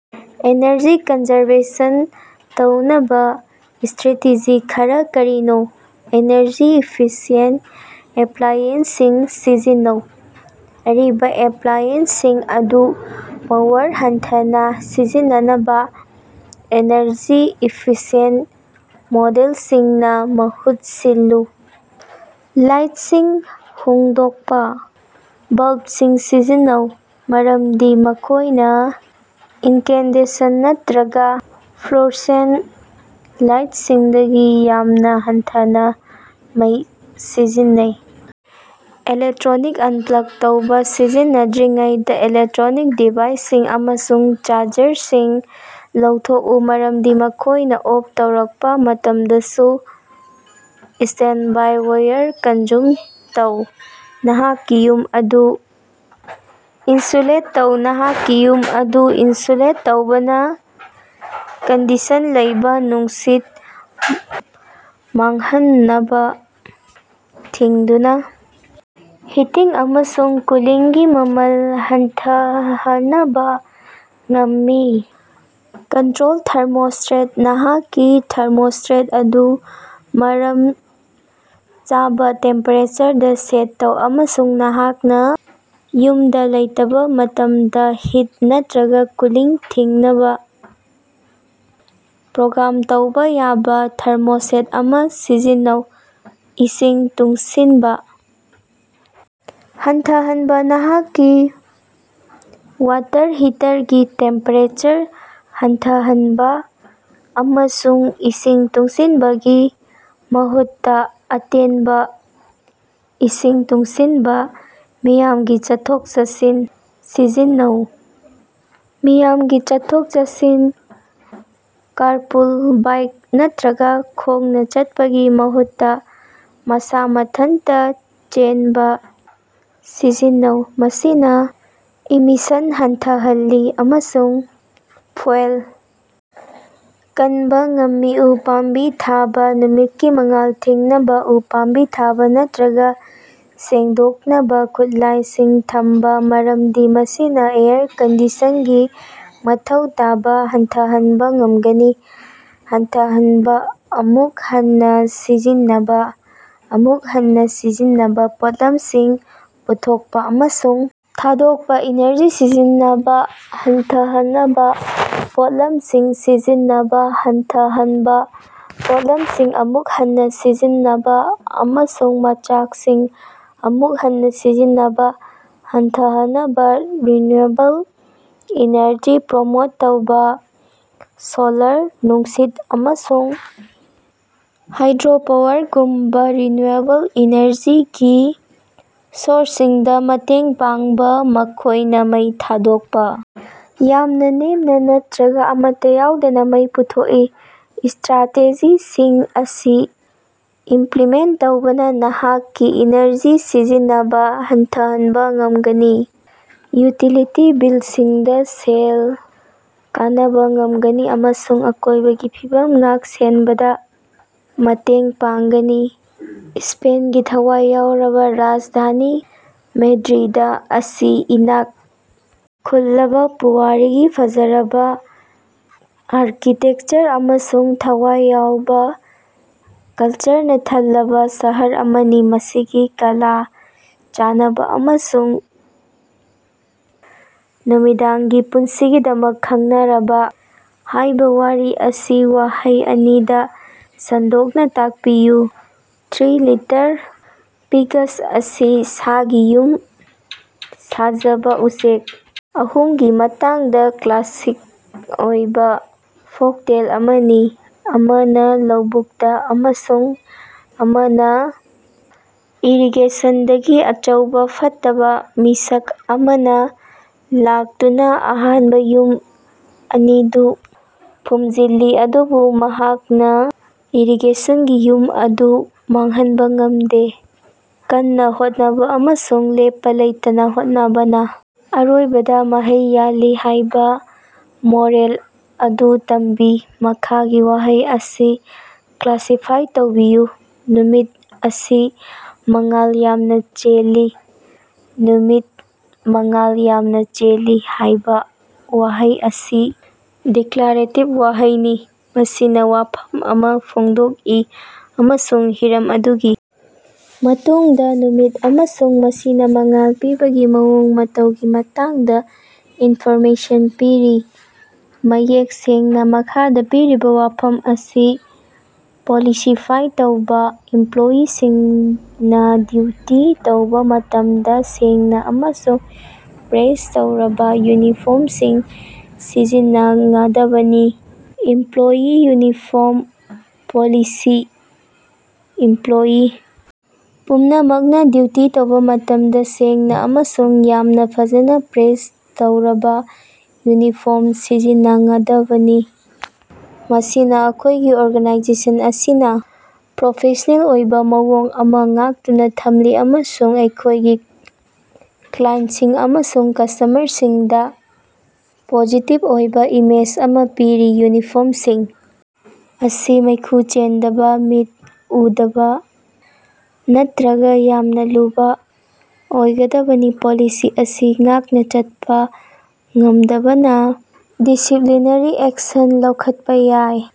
Energy conservation ꯇꯧꯅꯕ strategy ꯈꯔꯥ ꯀꯔꯤꯅꯣ? ꯑꯦꯅꯔꯖꯤ-ꯏꯐꯤꯁꯤꯑꯦꯟꯠ ꯑꯦꯄ꯭ꯂꯥꯏꯑꯦꯟꯁꯁꯤꯡ ꯁꯤꯖꯤꯟꯅꯧ: ꯑꯔꯤꯕꯥ ꯑꯦꯞꯂꯥꯏꯑꯦꯟꯁꯁꯤꯡ ꯑꯗꯨ ꯄꯥꯋꯔ ꯍꯟꯊꯅꯥ ꯁꯤꯖꯤꯟꯅꯕꯥ ꯑꯦꯅꯔꯖꯤ-ꯏꯐꯤꯁꯤꯑꯦꯟꯠ ꯃꯣꯗꯦꯜꯁꯤꯡꯅ ꯃꯍꯨꯠ ꯁꯤꯜꯂꯨ꯫ ꯂꯥꯏꯠꯁꯤꯡ ꯍꯣꯡꯗꯣꯛꯄ: ꯕꯜꯕꯁꯤꯡ ꯁꯤꯖꯤꯟꯅꯧ ꯃꯔꯝꯗꯤ ꯃꯈꯣꯏꯅ ꯏꯟꯀꯦꯟꯗꯦꯁꯟ ꯅꯠꯇꯔꯒ ꯐ꯭ꯂꯨꯑꯣꯔꯁꯦꯟꯇ ꯂꯥꯏꯇꯁꯤꯡꯗꯒꯤ ꯌꯥꯝꯅꯥ ꯍꯟꯊꯅꯥ ꯃꯩ ꯁꯤꯖꯤꯟꯅꯩ꯫ ꯏꯂꯦꯛꯇꯔꯣꯅꯤꯛꯁ ꯑꯅꯄ꯭ꯂꯒ ꯇꯧꯕꯥ: ꯁꯤꯖꯤꯟꯅꯗ꯭ꯔꯤꯉꯩꯗꯥ ꯏꯂꯦꯛꯠꯔꯣꯅꯤꯛ ꯗꯤꯚꯥꯏꯁꯁꯤꯡ ꯑꯃꯁꯨꯡ ꯆꯥꯔꯖꯔꯁꯤꯡ ꯂꯧꯊꯣꯛꯎ, ꯃꯔꯝꯗꯤ ꯃꯈꯣꯏꯅ ꯑꯣꯐ ꯇꯧꯔꯛꯄꯥ ꯃꯇꯝꯗꯁꯨ ꯁ꯭ꯇꯦꯟꯗꯕꯥꯏ ꯄꯥꯋꯔ ꯀꯟꯖꯨꯝ ꯇꯧꯏ꯫ ꯅꯍꯥꯛꯀꯤ ꯌꯨꯝ ꯑꯗꯨ ꯏꯟꯁꯨꯂꯦꯠ ꯇꯧ: ꯅꯍꯥꯛꯀꯤ ꯌꯨꯝ ꯑꯗꯨ ꯏꯅꯁꯨꯂꯦꯠ ꯇꯧꯕꯅꯥ ꯀꯟꯗꯤꯁꯟ ꯂꯩꯕꯥ ꯅꯨꯡꯁꯤꯠ ꯃꯥꯡꯍꯟꯅꯕꯥ ꯊꯤꯡꯗꯨꯅꯥ ꯍꯤꯇꯤꯡ ꯑꯃꯁꯨꯡ ꯀꯨꯂꯤꯡꯒꯤ ꯃꯃꯜ ꯍꯟꯊꯍꯅꯕꯥ ꯉꯝꯃꯤ꯫ ꯀꯟꯇꯔꯣꯜ ꯊꯥꯔꯃꯣꯁ꯭ꯇꯦꯠ: ꯅꯍꯥꯛꯀꯤ ꯊꯥꯔꯃꯣꯁ꯭ꯇꯦꯠ ꯑꯗꯨ ꯃꯔꯝ ꯆꯥꯕꯥ ꯇꯦꯝꯄꯦꯔꯦꯆꯔꯗꯥ ꯁꯦꯠ ꯇꯧ, ꯑꯃꯁꯨꯡ ꯅꯍꯥꯛꯅꯥ ꯌꯨꯝꯗꯥ ꯂꯩꯇꯕꯥ ꯃꯇꯝꯗꯥ ꯍꯤꯠ ꯅꯠꯇꯔꯒꯥ ꯀꯨꯂꯤꯡ ꯊꯤꯡꯅꯕ ꯄ꯭ꯔꯣꯒ꯭ꯔꯥꯝ ꯇꯧꯕꯥ ꯌꯥꯕ ꯊꯥꯔꯃꯣꯁ꯭ꯇꯦꯠ ꯑꯃ ꯁꯤꯖꯤꯟꯅꯧ꯫ ꯏꯁꯤꯡ ꯇꯨꯡꯁꯤꯟꯕ ꯍꯟꯊꯍꯟꯕ: ꯅꯍꯥꯛꯀꯤ ꯋꯥꯇꯔ ꯍꯤꯇꯔꯒꯤ ꯇꯦꯝꯄꯦꯔꯦꯆꯔ ꯍꯟꯊꯍꯟꯕ, ꯑꯃꯁꯨꯡ ꯏꯁꯤꯡ ꯇꯨꯡꯁꯤꯟꯕꯒꯤ ꯃꯍꯨꯠꯇ ꯑꯇꯦꯟꯕ ꯏꯁꯤꯡ ꯇꯨꯡꯁꯤꯟꯕꯥ꯫ ꯃꯤꯌꯥꯝꯒꯤ ꯆꯠꯊꯣꯛ-ꯆꯠꯁꯤꯟ ꯁꯤꯖꯤꯟꯅꯧ: ꯃꯤꯌꯥꯝꯒꯤ ꯆꯠꯊꯣꯛ-ꯆꯠꯁꯤꯟ, ꯀꯥꯔꯄꯨꯜ, ꯕꯥꯏꯛ ꯅꯠꯇꯔꯒ ꯈꯣꯡꯅ ꯆꯠꯄꯒꯤ ꯃꯍꯨꯠꯇ ꯃꯁꯥ ꯃꯊꯟꯇ ꯆꯦꯟꯕꯥ ꯁꯤꯖꯤꯟꯅꯧ꯫ ꯃꯁꯤꯅ ꯏꯃꯤꯁꯟ ꯍꯟꯊꯍꯜꯂꯤ ꯑꯃꯁꯨꯡ ꯐ꯭ꯌꯨꯑꯦꯜ ꯀꯟꯕ ꯉꯝꯃꯤ꯫ ꯎ ꯄꯥꯝꯕꯤ ꯊꯥꯕ: ꯅꯨꯃꯤꯠꯀꯤ ꯃꯉꯥꯜ ꯊꯤꯡꯅꯕ ꯎ ꯄꯥꯝꯕꯤ ꯊꯥꯕ ꯅꯠꯇꯔꯒ ꯁꯦꯡꯗꯣꯛꯅꯕꯥ ꯈꯨꯠꯂꯥꯏꯁꯤꯡ ꯊꯝꯕ, ꯃꯔꯝꯗꯤ ꯃꯁꯤꯅꯥ ꯑꯦꯌꯔ ꯀꯟꯗꯤꯁꯟꯒꯤ ꯃꯊꯧ ꯇꯥꯕ ꯍꯟꯊꯍꯟꯕꯥ ꯉꯝꯒꯅꯤ꯫ ꯍꯟꯊꯍꯟꯕ, ꯑꯃꯨꯛ ꯍꯟꯅꯥ ꯁꯤꯖꯤꯟꯅꯕꯥ, ꯑꯃꯨꯛ ꯍꯟꯅꯥ ꯁꯤꯖꯤꯟꯅꯕꯥ: ꯄꯣꯠꯂꯝꯁꯤꯡ ꯄꯨꯊꯣꯛꯄꯥ ꯑꯃꯁꯨꯡ ꯊꯥꯗꯣꯛꯄꯗꯥ ꯏꯅꯔꯖꯤ ꯁꯤꯖꯤꯟꯅꯕꯥ ꯍꯟꯊꯍꯟꯅꯕꯥ ꯄꯣꯠꯂꯝꯁꯤꯡ ꯁꯤꯖꯤꯟꯅꯕꯥ ꯍꯟꯊꯍꯟꯕꯥ, ꯄꯣꯠꯂꯝꯁꯤꯡ ꯑꯃꯨꯛ ꯍꯟꯅꯥ ꯁꯤꯖꯤꯟꯅꯕꯥ, ꯑꯃꯁꯨꯡ ꯃꯆꯥꯛꯁꯤꯡ ꯑꯃꯨꯛ ꯍꯟꯅꯥ ꯁꯤꯖꯤꯟꯅꯕꯥ ꯍꯟꯊꯍꯅꯕꯥ꯫ ꯔꯤꯅ꯭ꯌꯨꯑꯦꯕꯜ ꯏꯅꯔꯖꯤ ꯄ꯭ꯔꯃꯣꯠ ꯇꯧꯕꯥ: ꯁꯣꯂꯥꯔ, ꯅꯨꯡꯁꯤꯠ, ꯑꯃꯁꯨꯡ ꯍꯥꯏꯗ꯭ꯔꯣꯄꯥꯋꯔꯒꯨꯝꯕꯥ ꯔꯤꯅ꯭ꯌꯨꯑꯦꯕꯜ ꯏꯅꯔꯖꯤꯒꯤ ꯁꯣꯔꯁꯁꯤꯡꯗꯥ ꯃꯇꯦꯡ ꯄꯥꯡꯕꯥ, ꯃꯈꯣꯏꯅꯥ ꯃꯩ ꯊꯥꯗꯣꯛꯄꯥ ꯌꯥꯝꯅꯥ ꯅꯦꯝꯅꯥ ꯅꯠꯇꯔꯒ ꯑꯃꯠꯇ ꯌꯥꯎꯗꯅ ꯃꯩ ꯄꯨꯊꯣꯛꯏ꯫ ꯁ꯭ꯇꯔꯥꯇꯦꯖꯤꯁꯤꯡ ꯑꯁꯤ ꯏꯝꯄꯂꯤꯃꯦꯟꯠ ꯇꯧꯕꯅꯥ ꯅꯍꯥꯛꯀꯤ ꯏꯅꯔꯖꯤ ꯁꯤꯖꯤꯟꯅꯕꯥ ꯍꯟꯊꯍꯅꯕꯥ ꯉꯝꯒꯅꯤ, ꯌꯨꯇꯤꯂꯤꯇꯤ ꯕꯤꯂꯁꯤꯡꯗꯥ ꯁꯦꯜ ꯀꯅꯕꯥ ꯉꯝꯒꯅꯤ ꯑꯃꯁꯨꯡ ꯑꯀꯣꯏꯕꯒꯤ ꯐꯤꯕꯝ ꯉꯥꯛ-ꯁꯦꯅꯕꯗꯥ ꯃꯇꯦꯡ ꯄꯥꯡꯒꯅꯤ꯫ ꯁ꯭ꯄꯦꯟꯒꯤꯊꯋꯥꯏ ꯌꯥꯎꯕꯥ ꯔꯥꯖꯙꯥꯅꯤ ꯃꯦꯗ꯭ꯔꯤꯗ ꯑꯁꯤ ꯏꯅꯥꯛ ꯈꯨꯜꯂꯕ ꯄꯨꯋꯥꯔꯤ, ꯐꯖꯔꯕꯥ ꯑꯥꯔꯀꯤꯇꯦꯛꯆꯔ ꯑꯃꯁꯨꯡ ꯊꯋꯥꯏ ꯌꯥꯎꯕꯥ ꯀꯜꯆꯔꯅꯥ ꯊꯜꯂꯕꯥ ꯁꯍꯔ ꯑꯃꯅꯤ꯫ ꯃꯁꯤꯒꯤ ꯀꯂꯥ, ꯆꯥꯅꯕ, ꯑꯃꯁꯨꯡ ꯅꯨꯃꯤꯗꯥꯡꯒꯤ ꯄꯨꯟꯁꯤꯒꯤꯗꯃꯛ ꯈꯪꯅꯔꯕꯥ꯫ ꯍꯥꯏꯕꯥ ꯋꯥꯔꯤ ꯑꯁꯤ ꯋꯥꯍꯩ ꯑꯅꯤꯗ ꯁꯟꯗꯣꯛꯅ ꯇꯥꯛꯄꯤꯌꯨ꯫ ꯊ꯭ꯔꯤ ꯂꯤꯇꯜ ꯄꯤꯒꯁ ꯑꯁꯤ ꯁꯥꯒꯤ ꯌꯨꯝ ꯁꯥꯖꯕ ꯎꯆꯦꯛ ꯑꯍꯨꯝꯒꯤ ꯃꯇꯥꯡꯗꯥ ꯀ꯭ꯂꯥꯁꯤꯛ ꯑꯣꯏꯕ ꯐꯣꯜꯛꯇꯦꯜ ꯑꯃꯅꯤ, ꯑꯃꯅ ꯂꯧꯕꯨꯛꯇ, ꯑꯃꯁꯨꯡ ꯑꯃꯅꯥ ꯏꯔꯤꯒꯦꯁꯟꯗꯒꯤ꯫ ꯑꯆꯧꯕꯥ ꯐꯠꯇꯕ ꯃꯤꯁꯛ ꯑꯃꯅ ꯂꯥꯛꯇꯨꯅꯥ ꯑꯍꯥꯟꯕꯥ ꯌꯨꯝ ꯑꯅꯤꯗꯨ ꯐꯨꯝꯖꯤꯜꯂꯤ, ꯑꯗꯨꯕꯨ ꯃꯍꯥꯛꯅ ꯏꯔꯤꯒꯦꯁꯟꯒꯤ ꯌꯨꯝ ꯑꯗꯨ ꯃꯥꯡꯍꯟꯕꯥ ꯉꯝꯗꯦ, ꯀꯟꯅ ꯍꯣꯠꯅꯕ ꯑꯃꯁꯨꯡ ꯂꯦꯞꯄꯥ ꯂꯩꯇꯅꯥ ꯍꯣꯠꯅꯕꯅꯥ ꯑꯔꯣꯏꯕꯗꯥ ꯃꯍꯩ ꯌꯥꯜꯂꯤ ꯍꯥꯏꯕꯥ ꯃꯣꯔꯦꯜ ꯑꯗꯨ ꯇꯝꯕꯤ꯫ ꯃꯈꯥꯒꯤ ꯋꯥꯍꯩ ꯑꯁꯤ ꯀ꯭ꯂꯥꯁꯤꯐꯥꯏ ꯇꯧꯕꯤꯌꯨ: "ꯅꯨꯃꯤꯠ ꯑꯁꯤ ꯃꯉꯥꯜ ꯌꯥꯝꯅꯥ ꯆꯦꯜꯂꯤ꯫" "ꯅꯨꯃꯤꯠ ꯃꯉꯥꯜ ꯌꯥꯝꯅꯥ ꯆꯦꯜꯂꯤ" ꯍꯥꯏꯕ ꯋꯥꯍꯩ ꯑꯁꯤ ꯗꯤꯀꯂꯥꯔꯦꯇꯤꯕ ꯋꯥꯍꯩꯅꯤ꯫ ꯃꯁꯤꯅ ꯋꯥꯐꯝ ꯑꯃ ꯐꯣꯡꯗꯣꯛꯏ ꯑꯃꯁꯨꯡ ꯍꯤꯔꯝ ꯑꯗꯨꯒꯤ ꯃꯇꯨꯡꯗꯥ, ꯅꯨꯃꯤꯠ, ꯑꯃꯁꯨꯡ ꯃꯁꯤꯅꯥ ꯃꯉꯥꯜ ꯄꯤꯕꯒꯤ ꯃꯑꯣꯡ ꯃꯇꯧꯒꯤ ꯃꯇꯥꯡꯗꯥ ꯏꯅꯐꯣꯔꯃꯦꯁꯟ ꯄꯤꯔꯤ, ꯃꯌꯦꯛ ꯁꯦꯡꯅꯥ꯫ ꯃꯈꯥꯗꯥ ꯄꯤꯔꯤꯕꯥ ꯋꯥꯐꯝ ꯑꯁꯤ ꯄꯣꯂꯤꯁꯤ-ꯐꯥꯏ ꯇꯧꯕꯥ꯫ ꯏꯝꯄ꯭ꯂꯣꯌꯤꯁꯤꯡꯅ ꯗ꯭ꯌꯨꯇꯤ ꯇꯧꯕ ꯃꯇꯝꯗꯥ ꯁꯦꯡꯅꯥ ꯑꯃꯁꯨꯡ ꯄ꯭ꯔꯦꯁ ꯇꯧꯔꯕꯥ ꯌꯨꯅꯤꯐꯣ꯭ꯔꯝꯁꯤꯡ ꯁꯤꯖꯤꯟꯉꯗꯕꯅꯤ꯫ ꯏꯝꯄ꯭ꯂ‌ꯣꯌꯤ ꯌꯨꯅꯤꯐꯣ꯭ꯔꯝ ꯄꯣꯂꯤꯁꯤ: ꯏꯝꯄ꯭ꯂꯣꯌꯤ ꯄꯨꯝꯅꯃꯛꯅꯥ ꯗ꯭ꯌꯨꯇꯤ ꯇꯧꯕꯥ ꯃꯇꯝꯗꯥ ꯁꯦꯡꯅꯥ ꯑꯃꯁꯨꯡ ꯌꯥꯝꯅꯥ ꯐꯖꯅꯥ ꯄ꯭ꯔꯦꯁ ꯇꯧꯔꯕꯥ ꯌꯨꯅꯤꯐꯣ꯭ꯔꯝ ꯁꯤꯖꯤꯟꯉꯗꯕꯅꯤ꯫ ꯃꯁꯤꯅꯥ ꯑꯩꯈꯣꯏꯒꯤ ꯑꯣꯔꯒꯅꯥꯏꯖꯦꯁꯟ ꯑꯁꯤꯅꯥ ꯄ꯭ꯔꯣꯐꯦꯁ꯭ꯅꯦꯜ ꯑꯣꯏꯕꯥ ꯃꯑꯣꯡ ꯑꯃ ꯉꯥꯛꯇꯨꯅ ꯊꯝꯂꯤ ꯑꯃꯁꯨꯡ ꯑꯩꯈꯣꯏꯒꯤ ꯀ꯭ꯂꯥꯏꯟꯠꯁꯤꯡ ꯑꯃꯁꯨꯡ ꯀꯁ꯭ꯇꯃꯔꯁꯤꯡꯗꯥ ꯄꯣꯖꯤꯇꯤꯕ ꯑꯣꯏꯕꯥ ꯏꯃꯦꯖ ꯑꯃ ꯄꯤꯔꯤ꯫ ꯌꯨꯅꯤꯐ꯭ꯣꯔꯝꯁꯤꯡ ꯑꯁꯤ ꯃꯩꯈꯨ ꯆꯦꯟꯗꯕ, ꯃꯤꯠ ꯎꯗꯕ ꯅꯠꯇꯔꯒ ꯌꯥꯝꯅ ꯂꯨꯕꯥ ꯑꯣꯏꯒꯗꯕꯅꯤ꯫ ꯄꯣꯂꯤꯁꯤ ꯑꯁꯤ ꯉꯥꯛꯅ ꯆꯠꯄ ꯉꯝꯗꯕꯅ ꯗꯤꯁꯤꯞꯂꯤꯅꯔꯤ ꯑꯦꯛꯁꯟ ꯂꯧꯈꯠꯄꯥ ꯌꯥꯏ꯫